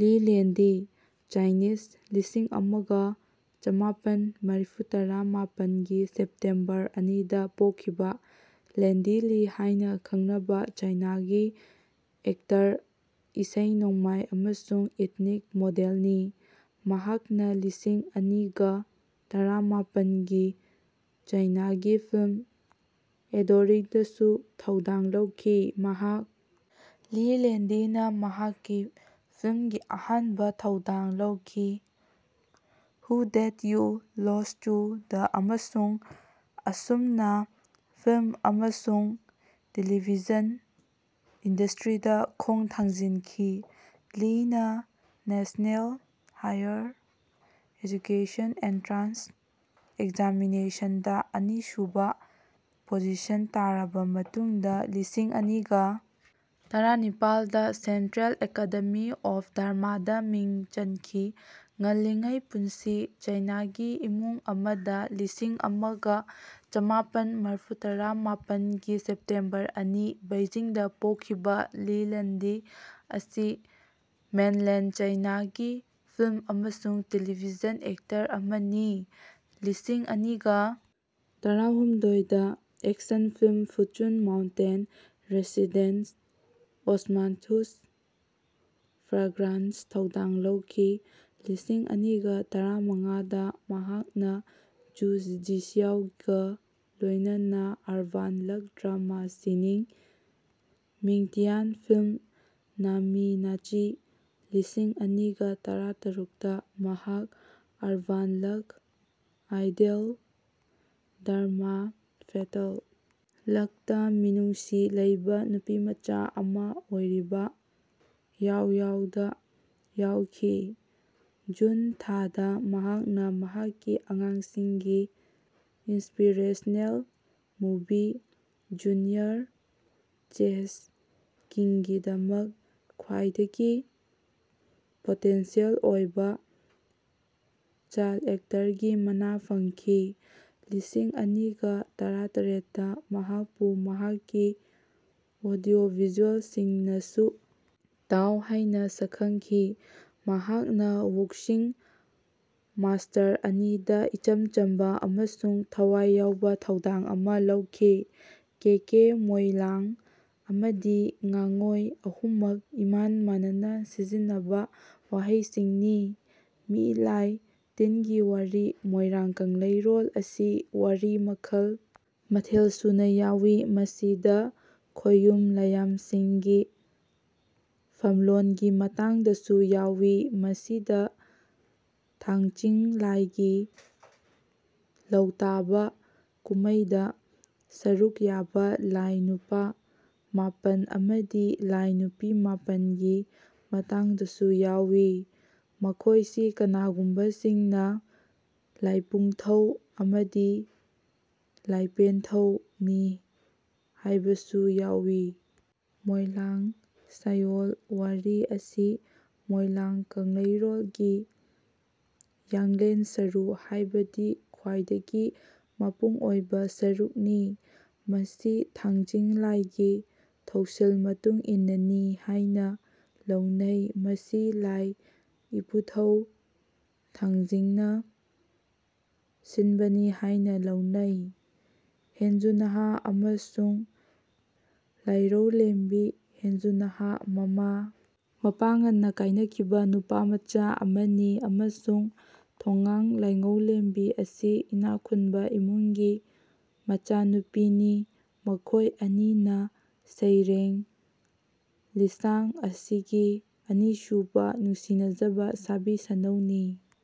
ꯂꯤ ꯂꯦꯟꯗꯤ ( ꯆꯥꯏꯅꯤꯁ, ꯂꯤꯁꯤꯡ ꯑꯃꯒ ꯆꯃꯥꯄꯟ ꯃꯔꯤꯐꯨꯇꯔꯥ ꯃꯥꯄꯟꯒꯤ ꯁꯦꯞꯇꯦꯝꯕꯔ ꯑꯅꯤꯗ ꯄꯣꯛꯈꯤꯕ), ꯂꯦꯟꯗꯤ ꯂꯤ ꯍꯥꯏꯅ ꯈꯪꯅꯕ ꯆꯥꯏꯅꯥꯒꯤ ꯑꯦꯛꯇꯔ, ꯏꯁꯩ ꯅꯣꯡꯃꯥꯏ ꯑꯃꯁꯨꯡ ꯏꯊꯅꯤꯛ ꯃꯣꯗꯦꯜꯅꯤ꯫ ꯃꯍꯥꯛꯅ ꯂꯤꯁꯤꯡ ꯑꯅꯤꯒ ꯇꯔꯥꯃꯥꯄꯟꯒꯤ ꯆꯥꯏꯅꯥꯒꯤ ꯐꯤꯂꯝ ꯑꯦꯗꯣꯔꯤꯡꯗꯁꯨ ꯊꯧꯗꯥꯡ ꯂꯧꯈꯤ꯫ ꯃꯍꯥꯛ ꯂꯤ ꯂꯦꯟꯗꯤꯅ ꯃꯍꯥꯛꯀꯤ ꯐꯤꯜꯝꯒꯤ ꯑꯍꯥꯟꯕ ꯊꯧꯗꯥꯡ ꯂꯧꯈꯤ "who did you lose to" ꯗ ꯑꯃꯁꯨꯡ ꯑꯁꯨꯝꯅ ꯐꯤꯜꯝ ꯑꯃꯁꯨꯡ ꯇꯦꯂꯤꯚꯤꯖꯟ ꯏꯟꯗꯁꯇ꯭ꯔꯤꯗ ꯈꯣꯡ ꯊꯥꯡꯖꯤꯟꯈꯤ꯫ ꯂꯤꯅ ꯅꯦꯁꯅꯦꯜ ꯍꯥꯏꯌꯔ ꯑꯦꯖꯨꯀꯦꯁꯟ ꯑꯦꯟꯇ꯭ꯔꯥꯟꯁ ꯑꯦꯛꯖꯥꯃꯤꯅꯦꯁꯟꯗ ꯑꯅꯤꯁꯨꯕ ꯄꯣꯖꯤꯁꯟ ꯇꯥꯔꯕ ꯃꯇꯨꯡꯗ ꯂꯤꯁꯤꯡ ꯑꯅꯤꯒ ꯇꯔꯥꯅꯤꯄꯥꯜꯗ ꯁꯦꯟꯇ꯭ꯔꯦꯜ ꯑꯦꯀꯥꯗꯦꯃꯤ ꯑꯣꯐ ꯗ꯭ꯔꯃꯥꯗ ꯃꯤꯡ ꯆꯟꯈꯤ꯫ ꯉꯜꯂꯤꯉꯩ ꯄꯨꯟꯁꯤ ꯆꯥꯏꯅꯥꯒꯤ ꯏꯃꯨꯡ ꯑꯃꯗ ꯂꯤꯁꯤꯡ ꯑꯃꯒ ꯆꯃꯥꯄꯟ ꯃꯔꯤꯐꯨꯇꯔꯥ ꯃꯥꯄꯟꯒꯤ ꯁꯦꯞꯇꯦꯝꯕꯔ ꯑꯅꯤ, ꯕꯩꯖꯤꯡꯗ ꯄꯣꯛꯈꯤꯕ ꯂꯤ ꯂꯟꯗꯤ ꯑꯁꯤ ꯃꯦꯟꯂꯦꯟꯗ ꯆꯥꯏꯅꯥꯒꯤ ꯐꯤꯜꯝ ꯑꯃꯁꯨꯡ ꯇꯦꯂꯤꯚꯤꯖꯟ ꯑꯦꯛꯇꯔ ꯑꯃꯅꯤ꯫ ꯂꯤꯁꯤꯡ ꯑꯅꯤꯒ ꯇꯔꯥꯍꯨꯝꯗꯣꯏꯗ ꯑꯦꯛꯁꯟ ꯐꯤꯜꯝ ꯐꯨꯆꯨꯟ ꯃꯥꯎꯟꯇꯦꯟ ꯔꯦꯁꯤꯗꯦꯟꯁꯇ ꯑꯣꯁꯃꯥꯟꯊꯨꯁ ꯐ꯭ꯔꯥꯒ꯭ꯔꯥꯟꯁꯇ ꯊꯧꯗꯥꯡ ꯂꯧꯈꯤ꯫ ꯂꯤꯁꯤꯡ ꯑꯅꯤꯒ ꯇꯔꯥꯃꯉꯥꯗ ꯃꯍꯥꯛꯅ ꯖꯨ ꯖꯤꯁꯤꯌꯥꯎꯒ ꯂꯣꯏꯅꯅ ꯑꯔꯕꯥꯟ ꯂꯚ ꯗ꯭ꯔꯃꯥ ꯁꯤꯅꯤꯡ ꯃꯤꯡꯇꯤꯌꯥꯟ ꯐꯤꯜꯝ ꯅꯃꯤꯅꯆꯤ ꯂꯤꯁꯤꯡ ꯑꯅꯤꯒ ꯇꯔꯥꯇꯔꯨꯛꯇ ꯃꯍꯥꯛ urban love idol drama fatal ꯂꯚꯇ ꯃꯤꯅꯨꯡꯁꯤ ꯂꯩꯕ ꯅꯨꯄꯤꯃꯆꯥ ꯑꯃ ꯑꯣꯏꯔꯤꯕ ꯌꯥꯎꯌꯥꯎꯗ ꯌꯥꯎꯈꯤ꯫ ꯖꯨꯟ ꯊꯥꯗ ꯃꯍꯥꯛꯅ ꯃꯍꯥꯛꯀꯤ ꯑꯉꯥꯡꯁꯤꯡꯒꯤ ꯏꯟꯁꯄꯤꯔꯦꯁꯅꯦꯜ ꯃꯨꯚꯤ ꯖꯨꯅꯤꯌꯔ ꯆꯦꯁ ꯀꯤꯡꯒꯤꯗꯃꯛ ꯈ꯭ꯋꯥꯏꯗꯒꯤ ꯄꯣꯇꯦꯟꯁꯤꯌꯦꯜ ꯑꯣꯏꯕ ꯆꯥꯏꯜꯗ ꯑꯦꯛꯇꯔꯒꯤ ꯃꯅꯥ ꯐꯪꯈꯤ꯫ ꯂꯤꯁꯤꯡ ꯑꯅꯤꯒ ꯇꯔꯥꯇꯔꯦꯠꯇ ꯃꯍꯥꯛꯄꯨ ꯃꯍꯥꯛꯀꯤ ꯑꯣꯗꯤꯑꯣ ꯚꯤꯖꯨꯑꯦꯜꯁꯤꯡꯅ ꯁꯨ ꯇꯥꯎ ꯍꯥꯏꯅ ꯁꯛꯈꯪꯈꯤ꯫ ꯃꯍꯥꯛꯅ ꯋꯨꯛꯁꯤꯟ ꯃꯥꯁꯇꯔ ꯑꯅꯤꯗ ꯏꯆꯝ ꯆꯝꯕ ꯑꯃꯁꯨꯡ ꯊꯋꯥꯏ ꯌꯥꯎꯕ ꯊꯧꯗꯥꯡ ꯑꯃ ꯂꯧꯈꯤ꯫ "ꯀꯦꯀꯦ", "ꯃꯣꯢꯂꯥꯡ" ꯑꯃꯗꯤ "ꯉꯥꯉꯣꯢ" ꯑꯍꯨꯝꯃꯛ ꯏꯃꯥꯟ ꯃꯥꯟꯅꯅ ꯁꯤꯖꯤꯟꯅꯕ ꯋꯥꯍꯩꯁꯤꯡꯅꯤ꯫ ꯃꯤ ꯂꯥꯢ ꯇꯤꯟꯒꯤ ꯋꯥꯔꯤ ꯃꯣꯏꯔꯥꯡ ꯀꯪꯂꯩꯔꯣꯜ ꯑꯁꯤ ꯋꯥꯔꯤ ꯃꯈꯜ ꯃꯊꯦꯜ ꯁꯨꯅ ꯌꯥꯎꯏ꯫ ꯃꯁꯤꯗ ꯈꯣꯌꯨꯝ ꯂꯥꯌꯥꯝꯁꯤꯡꯒꯤ ꯐꯝꯂꯣꯟꯒꯤ ꯃꯇꯥꯡꯗꯁꯨ ꯌꯥꯎꯏ꯫ ꯃꯁꯤꯗ ꯊꯥꯡꯆꯤꯡ ꯂꯥꯢꯒꯤ ꯂꯧꯇꯥꯕ ꯀꯨꯝꯃꯩꯗ ꯁꯔꯨꯛ ꯌꯥꯕ ꯂꯥꯢ ꯅꯨꯄꯥ ꯃꯥꯄꯟ ꯑꯃꯗꯤ ꯂꯥꯢ ꯅꯨꯄꯤ ꯃꯥꯥꯄꯟ ꯒꯤ ꯃꯇꯥꯡꯗꯁꯨ ꯌꯥꯎꯏ꯫ ꯃꯈꯣꯢꯁꯤ ꯀꯅꯥꯒꯨꯝꯕꯁꯤꯡꯅ "ꯂꯥꯢꯄꯨꯡꯊꯧ" ꯑꯃꯗꯤ "ꯂꯥꯢꯄꯦꯟꯊꯧ"ꯅꯤ ꯍꯥꯢꯕꯁꯨ ꯌꯥꯎꯏ꯫ ꯃꯣꯢꯂꯥꯡ ꯁꯥꯌꯣꯟ ꯋꯥꯔꯤ ꯑꯁꯤ ꯃꯣꯢꯂꯥꯡ ꯀꯪꯂꯩꯔꯣꯜꯒꯤ ꯌꯥꯡꯂꯦꯟ ꯁꯔꯨ (ꯍꯥꯢꯕꯗꯤ ꯈ꯭ꯋꯥꯢꯗꯒꯤ ꯃꯄꯨꯡ ꯑꯣꯢꯕ) ꯁꯔꯨꯛ ꯅꯤ꯫ ꯃꯁꯤ ꯊꯥꯡꯖꯤꯡ ꯂꯥꯢꯒꯤ ꯊꯧꯁꯤꯜ ꯃꯇꯨꯡꯏꯟꯅꯅꯤ ꯍꯥꯢꯅ ꯂꯧꯅꯩ꯫ ꯃꯁꯤ ꯂꯥꯢ ꯏꯄꯨꯊꯧ ꯊꯥꯡꯆꯤꯡꯅ ꯁꯤꯟꯕꯅꯤ ꯍꯥꯢꯅ ꯂꯧꯅꯩ꯫ ꯍꯦꯟꯖꯨꯅꯥꯍꯥ ꯑꯃꯁꯨꯡ ꯂꯥꯏꯔꯧꯂꯦꯝꯕꯤ ꯍꯦꯟꯖꯨꯅꯥꯍꯥ, ꯃꯃꯥ ꯃꯄꯥ ꯉꯟꯅ ꯀꯥꯏꯅꯈꯤꯕ ꯅꯨꯄꯥꯃꯆꯥ ꯑꯃꯅꯤ ꯑꯃꯁꯨꯡ ꯊꯣꯡꯅꯥꯡ ꯂꯥꯏꯔꯧꯂꯦꯝꯕꯤ ꯑꯁꯤ ꯏꯅꯥꯈꯨꯟꯕ ꯏꯃꯨꯡꯒꯤ ꯃꯆꯥꯅꯨꯄꯤꯅꯤ꯫ ꯃꯈꯣꯏ ꯑꯅꯤꯅ ꯁꯩꯔꯦꯡ ꯂꯤꯁꯥꯡ ꯑꯁꯤꯒꯤ ꯑꯅꯤꯁꯨꯕ ꯅꯨꯡꯁꯤꯅꯖꯕ ꯁꯥꯕꯤ ꯁꯥꯅꯧꯅꯤ꯫